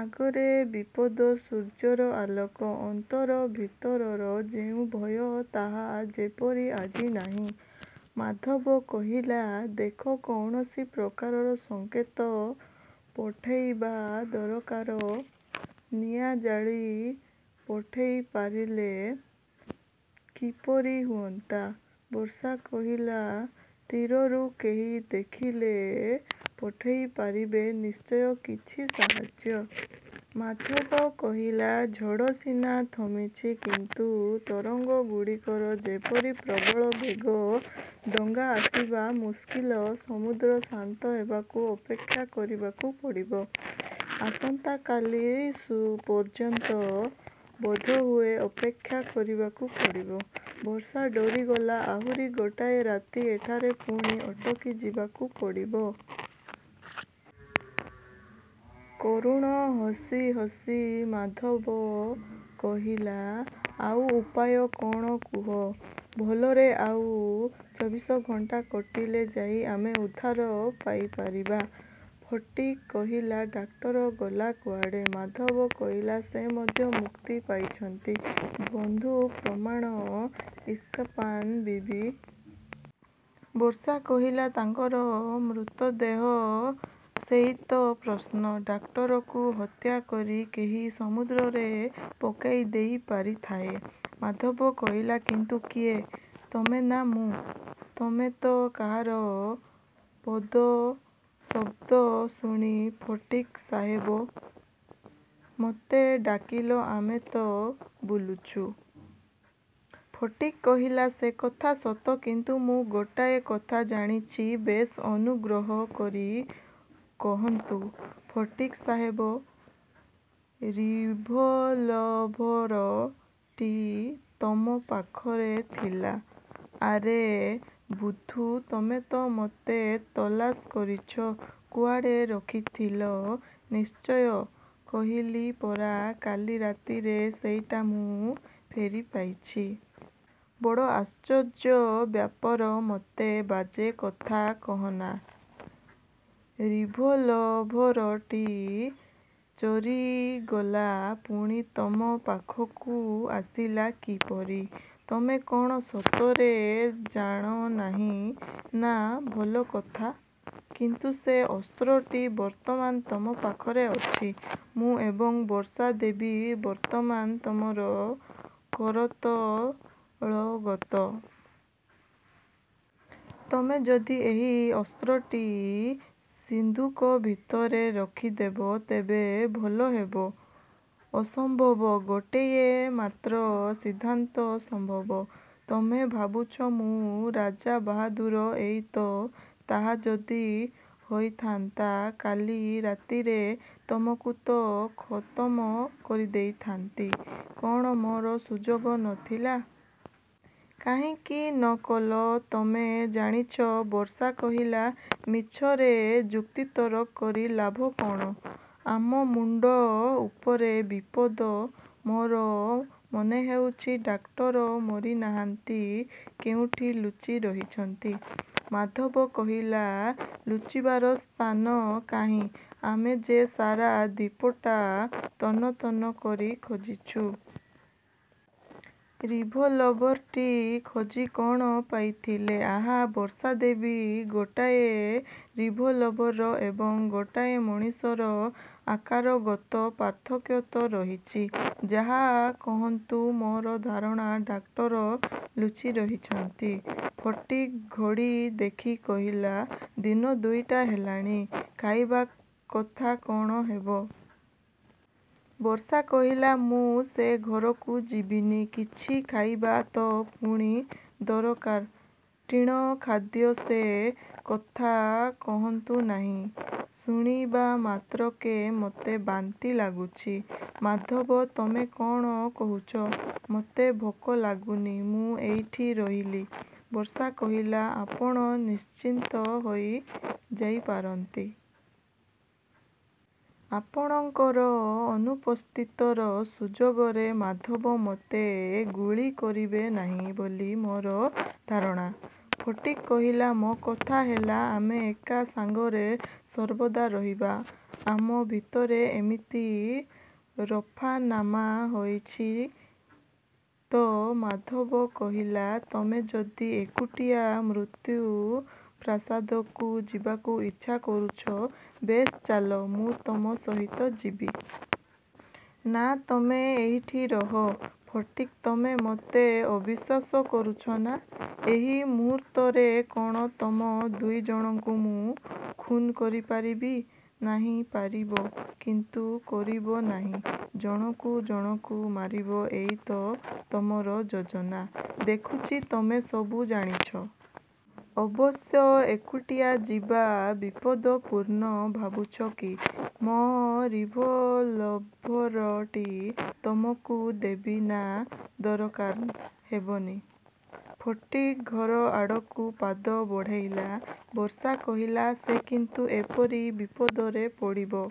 ଆଗରେ ବିପଦ। ସୂର୍ଯ୍ୟର ଆଲୋକ। ଅନ୍ତର ଭିତରର ଯେଉଁ ଭୟ ତାହା ଯେପରି ଆଜି ନାହିଁ। ମାଧବ କହିଲା, ଦେଖ, କୌଣସି ପ୍ରକାର ସଂକେତ ପଠାଇବା ଦରକାର। ନିଆଁ ଜାଳି ପଠାଇପାରିଲେ କିପରି ହୁଅନ୍ତା? ବର୍ଷା କହିଲା, ତୀରରୁ କେହି ଦେଖିଲେ ପଠାଇପାରିବେ ନିଶ୍ଚୟ କିଛି ସାହାଯ୍ୟ। ମାଧବ କହିଲା, ଝଡ଼ ସିନା ଥମିଛି, କିନ୍ତୁ ତରଙ୍ଗଗୁଡ଼ିକର ଯେପରି ପ୍ରବଳ ବେଗ, ଡଙ୍ଗା ଆସିବା ମୁସ୍କିଲ। ସମୁଦ୍ର ଶାନ୍ତ ହେବାକୁ ଅପେକ୍ଷା କରିବାକୁ ପଡ଼ିବ। ଆସନ୍ତା କାଲି ପର୍ଯ୍ୟନ୍ତ ବୋଧହୁଏ ଅପେକ୍ଷା କରିବାକୁ ପଡ଼ିବ। ବର୍ଷା ଡରିଗଲା। ଆହୁରି ଗୋଟାଏ ରାତି ଏଠାରେ ପୁଣି ଅଟକିଯିବାକୁ ପଡ଼ିବ! କରୁଣ ହସି ହସି ମାଧବ କହିଲା, ଆଉ ଉପାୟ କ'ଣ, କୁହ? ଭଲରେ ଆଉ ଚବିଶ ଘଣ୍ଟା କଟିଲେ ଯାଇ ଆମେ ଉଦ୍ଧାର ପାଇପାରିବା। ଫଟିକ୍ କହିଲା, ଡାକ୍ତର ଗଲା କୁଆଡ଼େ? ମାଧବ କହିଲା, ସେ ମଧ୍ୟ ମୁକ୍ତି ପାଇଛନ୍ତି, ବନ୍ଧୁ! ପ୍ରମାଣ? ଇସ୍କାପାନ ବିବି। ବର୍ଷା କହିଲା, ତାଙ୍କର ମୃତଦେହ? ସେଇ ତ ପ୍ରଶ୍ନ। ଡାକ୍ତରକୁ ହତ୍ୟା କରି କେହି ସମୁଦ୍ରରେ ପକାଇ ଦେଇପାରିଥାଏ। ମାଧବ କହିଲା, କିନ୍ତୁ କିଏ? ତମେ ନା ମୁଁ? ତମେ ତ କାହାର ପଦଶବ୍ଦ ଶୁଣି ଫଟିକ୍ ସାହେବ, ମୋତେ ଡାକିଲ, ଆମେ ତ ବୁଲୁଛୁ। ଫଟିକ୍ କହିଲା, ସେ କଥା ସତ, କିନ୍ତୁ ମୁଁ ଗୋଟାଏ କଥା ଜାଣିଛି। ବେଶ୍, ଅନୁଗ୍ରହ କରି କହନ୍ତୁ ଫଟିକ୍ ସାହେବ! ରିଭଲଭର ଟି ତମ ପାଖରେ ଥିଲା। ଆରେ ବୁଦ୍ଧୁ, ତମେ ତ ମୋତେ ତଲାସ କରିଛ? କୁଆଡ଼େ ରଖିଥିଲ ନିଶ୍ଚୟ। କହିଲି ପରା କାଲି ରାତିରେ ସେଇଟା ମୁଁ ଫେରିପାଇଛି। ବଡ଼ ଆଶ୍ଚର୍ଯ୍ୟ ବ୍ୟାପାର। ମୋତେ ବାଜେ କଥା କହନା। ରିଭଲଭର ଟି ଚୋରିଗଲା, ପୁଣି ତମ ପାଖକୁ ଆସିଲା କିପରି? ତମେ କ'ଣ ସତରେ ଜାଣନାହିଁ? ନା। ଭଲ କଥା। କିନ୍ତୁ ସେ ଅସ୍ତ୍ରଟି ବର୍ତ୍ତମାନ ତମ ପାଖରେ ଅଛି। ମୁଁ ଏବଂ ବର୍ଷା ଦେବୀ ବର୍ତ୍ତମାନ ତମର କରତଳଗତ। ତମେ ଯଦି ଏହି ଅସ୍ତ୍ରଟି ସିନ୍ଦୁକ ଭିତରେ ରଖିଦେବ ତେବେ ଭଲ ହେବ। ଅସମ୍ଭବ। ଗୋଟିଏ ମାତ୍ର ସିଦ୍ଧାନ୍ତ ସମ୍ଭବ। ତମେ ଭାବୁଛ ମୁଁ ରାଜାବାହାଦୁର, ଏଇ ତ? ତାହା ଯଦି ହୋଇଥାନ୍ତା କାଲି ରାତିରେ ତମକୁ ତ ଖତମ କରିଦେଇଥାନ୍ତି। କ'ଣ ମୋର ସୁଯୋଗ ନ ଥିଲା? କାହିଁକି ନ କଲ ତମେ ଜାଣିଛ। ବର୍ଷା କହିଲା, ମିଛରେ ଯୁକ୍ତିତର୍କ କରି ଲାଭ କ'ଣ! ଆମ ମୁଣ୍ଡ ଉପରେ ବିପଦ। ମୋର ମନେହେଉଛି ଡାକ୍ତର ମରିନାହାନ୍ତି, କେଉଁଠି ଲୁଚି ରହିଛନ୍ତି। ମାଧବ କହିଲା, ଲୁଚିବାର ସ୍ଥାନ କାହିଁ? ଆମେ ଯେ ସାରା ଦ୍ୱୀପଟା ତନ୍ନ ତନ୍ନ କରି ଖୋଜିଛୁ। ରିଭଲଭର ଟି ଖୋଜି କ'ଣ ପାଇଥିଲେ? ଆହା ବର୍ଷା ଦେବୀ, ଗୋଟାଏ ରିଭଲଭର ଏବଂ ଗୋଟାଏ ମଣିଷର ଆକାରଗତ ପାର୍ଥକ୍ୟ ତ ରହିଛି! ଯାହା କହନ୍ତୁ, ମୋର ଧାରଣା, ଡାକ୍ତର ଲୁଚିରହିଛନ୍ତି। ଫଟିକ୍ ଘଡ଼ି ଦେଖି କହିଲା, ଦିନ ଦୁଇଟା ହେଲାଣି। ଖାଇବା କଥା କ'ଣ ହେବ? ବର୍ଷା କହିଲା, ମୁଁ ସେ ଘରକୁ ଯିବିନି। କିଛି ଖାଇବା ତ ପୁଣି ଦରକାର? ଟିଣ ଖାଦ୍ୟ। ସେ କଥା କହନ୍ତୁ ନାହିଁ, ଶୁଣିବାମାତ୍ରକେ ମୋତେ ବାନ୍ତି ଲାଗୁଛି। ମାଧବ, ତମେ କ'ଣ କହୁଛ? ମୋତେ ଭୋକ ଲାଗୁନି, ମୁଁ ଏଇଠି ରହିଲି! ବର୍ଷା କହିଲା, ଆପଣ ନିଶ୍ଚିନ୍ତ ହୋଇ ଯାଇପାରନ୍ତି। ଆପଣଙ୍କର ଅନୁପସ୍ଥିତର ସୁଯୋଗରେ ମାଧବ ମୋତେ ଗୁଳି କରିବେ ନାହିଁ ବୋଲି ମୋର ଧାରଣା। ଫଟିକ୍ କହିଲା, ମୋ କଥା ହେଲା, ଆମେ ଏକା ସାଙ୍ଗରେ ସର୍ବଦା ରହିବା, ଆମ ଭିତରେ ଏମିତି ରଫାନାମା ହୋଇଛି ତ! ମାଧବ କହିଲା, ତମେ ଯଦି ଏକୁଟିଆ ମୃତ୍ୟୁପ୍ରାସାଦକୁ ଯିବାକୁ ଇଚ୍ଛା କରୁଛ, ବେଶ୍ ଚାଲ, ମୁଁ ତମ ସହିତ ଯିବି। ନା, ତମେ ଏଇଠି ରହ। ଫଟିକ୍, ତମେ ମୋତେ ଅବିଶ୍ଵାସ କରୁଛ, ନା? ଏହି ମୁହୂର୍ତ୍ତରେ କ'ଣ ତମ ଦୁଇ ଜଣଙ୍କୁ ମୁଁ ଖୁନ୍ କରିପାରିବି ନାହିଁ? ପାରିବ, କିନ୍ତୁ କରିବ ନାହିଁ। ଜଣକୁ ଜଣକୁ ମାରିବ, ଏଇ ତ ତମର ଯୋଜନା। ଦେଖୁଛି, ତମେ ସବୁ ଜାଣିଛ। ଅବଶ୍ୟ ଏକୁଟିଆ ଯିବା ବିପଦପୂର୍ଣ୍ଣ। ଭାବୁଛ କି, ମୋ ରିଭଲଭର ଟି ତମକୁ ଦେବି? ନା, ଦରକାର ହେବନି। ଫଟିକ୍ ଘର ଆଡ଼କୁ ପାଦ ବଢ଼ାଇଲା। ବର୍ଷା କହିଲା, ସେ କିନ୍ତୁ ଏପରି ବିପଦରେ ପଡ଼ିବ।